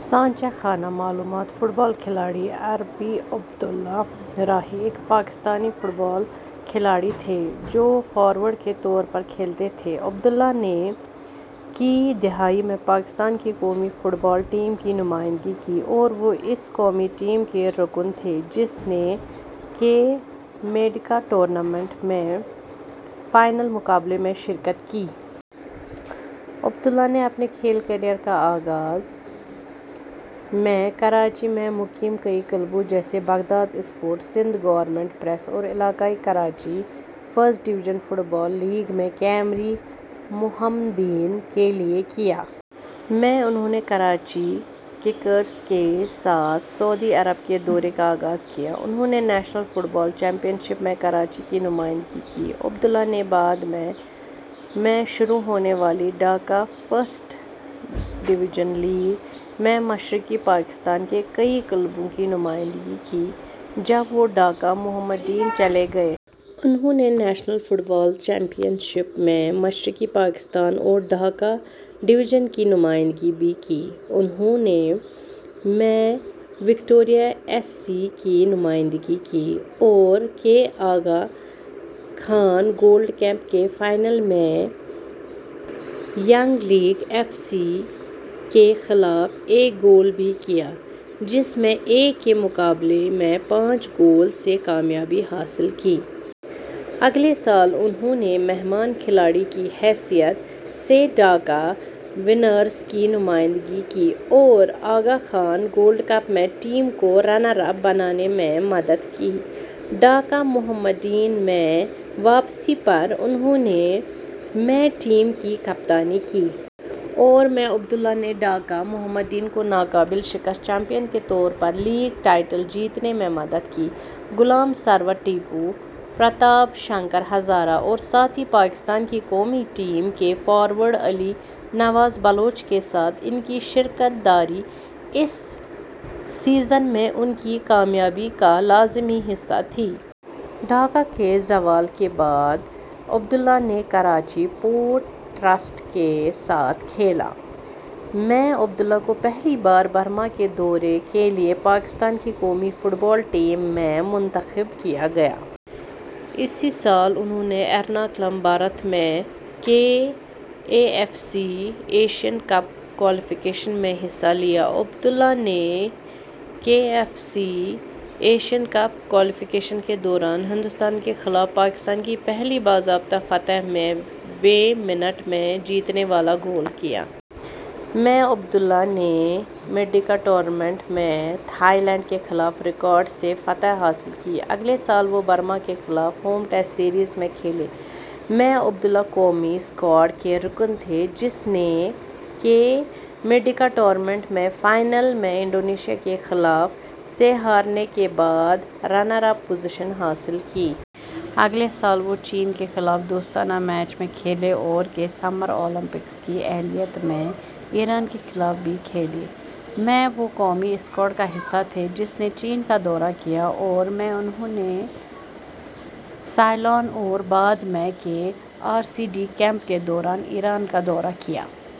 سانچہ:خانہ معلومات football کھلاڑی/عربی عبد اللہ راہی ، ایک پاکستانی فٹ بال کھلاڑی تھے جو فارورڈ کے طور پر کھیلتے تھے۔ عبد اللہ نے ء کی دہائی میں پاکستان کی قومی فٹ بال ٹیم کی نمائندگی کی اور وہ اس قومی ٹیم کے رکن تھے جس نے ء کے مردیکا ٹورنامنٹ میں فائنل مقابلے میں شرکت کی۔ عبد اللہ نے اپنے کھیل کیریئر کا آغاز ء میں کراچی میں مقیم کئی کلبوں جیسے Baghdad sports, Sindh government press اور علاقائی Karachi first division football league میں کیمری محمدن کے لیے کیا۔ ء میں، انھوں نے کراچی ککرز کے ساتھ سعودی عرب کے دورے کا آغاز کیا۔ انھوں نے national football championship میں کراچی کی نمائندگی کی۔ عبد اللہ نے بعد میں ء میں شروع ہونے والی ڈھاکہ فرسٹ ڈویژن لیگ میں مشرقی پاکستان کے کئی کلبوں کی نمائندگی کی جب وہ ڈھاکہ محمڈن چلے گئے۔ انھوں نے national football championship میں مشرقی پاکستان اور ڈھاکہ ڈویژن کی نمائندگی بھی کی۔ انھوں نے میں وکٹوریہ ایس سی کی نمائندگی کی۔ اور کے آغا خان گولڈ کپ کے فائنل میں ینگ تیگیوک ایف اے کے خلاف ایک گول بھی کیا جس میں ایک کے مقابلے میں پانچ گول سے کامیابی حاصل کی۔ اگلے سال، انھوں نے مہمان کھلاڑی کی حیثیت سے ڈھاکہ وانڈررز کی نمائندگی کی اور آغا خان گولڈ کپ میں ٹیم کو رنر اپ بنانے میں مدد کی۔ ڈھاکہ محمڈن میں واپسی پر، انھوں نے ء میں ٹیم کی کپتانی کی۔ اور ءمیں عبد اللہ نے ڈھاکہ محمڈن کو ناقابل شکست چیمپئن کے طور پر لیگ ٹائٹل جیتنے میں مدد کی۔ غلام سرور ٹیپو، پرتاپ شنکر ہزارہ اور ساتھی پاکستان کی قومی ٹیم کے فارورڈ علی نواز بلوچ کے ساتھ ان کی شراکت داری اس سیزن میں ان کی کامیابی کا لازمی حصہ تھی۔ ڈھاکہ کے زوال کے بعد عبد اللہ نے کراچی پورٹ ٹرسٹ کے ساتھ کھیلا۔ ء میں، عبد اللہ کو پہلی بار برما کے دورے کے لیے پاکستان کی قومی فٹ بال ٹیم میں منتخب کیا گیا۔ اسی سال انھوں نے ایرناکولم بھارت میں ء کے A F C Asian cup qualification میں حصہ لیا۔ عبد اللہ نے ے کے A F C Asian cup qualification کے دوران، ہندوستان کے خلاف پاکستان کی پہلی باضابطہ فتح میں ویں منٹ میں جیتنے والا گول کیا۔ ءمیں عبد اللہ نے مردیکا ٹورنامنٹ میں تھائی لینڈ کے خلاف ریکارڈ - سے فتح حاصل کی۔ اگلے سال وہ برما کے خلاف ہوم ٹیسٹ سیریز میں کھیلے۔ ء میں عبد اللہ قومی اسکواڈ کے رکن تھے جس نے ء کے مردیکا ٹورنامنٹ میں فائنل میں انڈونیشیا کے خلاف - سے ہارنے کے بعد رنر اپ پوزیشن حاصل کی۔ اگلے سال وہ چین کے خلاف دوستانہ میچ میں کھیلے اور ء کے سمر اولمپکس کی اہلیت میں ایران کے خلاف بھی کھیلے۔ ء میں، وہ قومی اسکواڈ کا حصہ تھے جس نے چین کا دورہ کیا اور ء میں انھوں نے سیلون اور بعد میں ء کے آر سی ڈی کپ کے دوران ایران کا دورہ کیا۔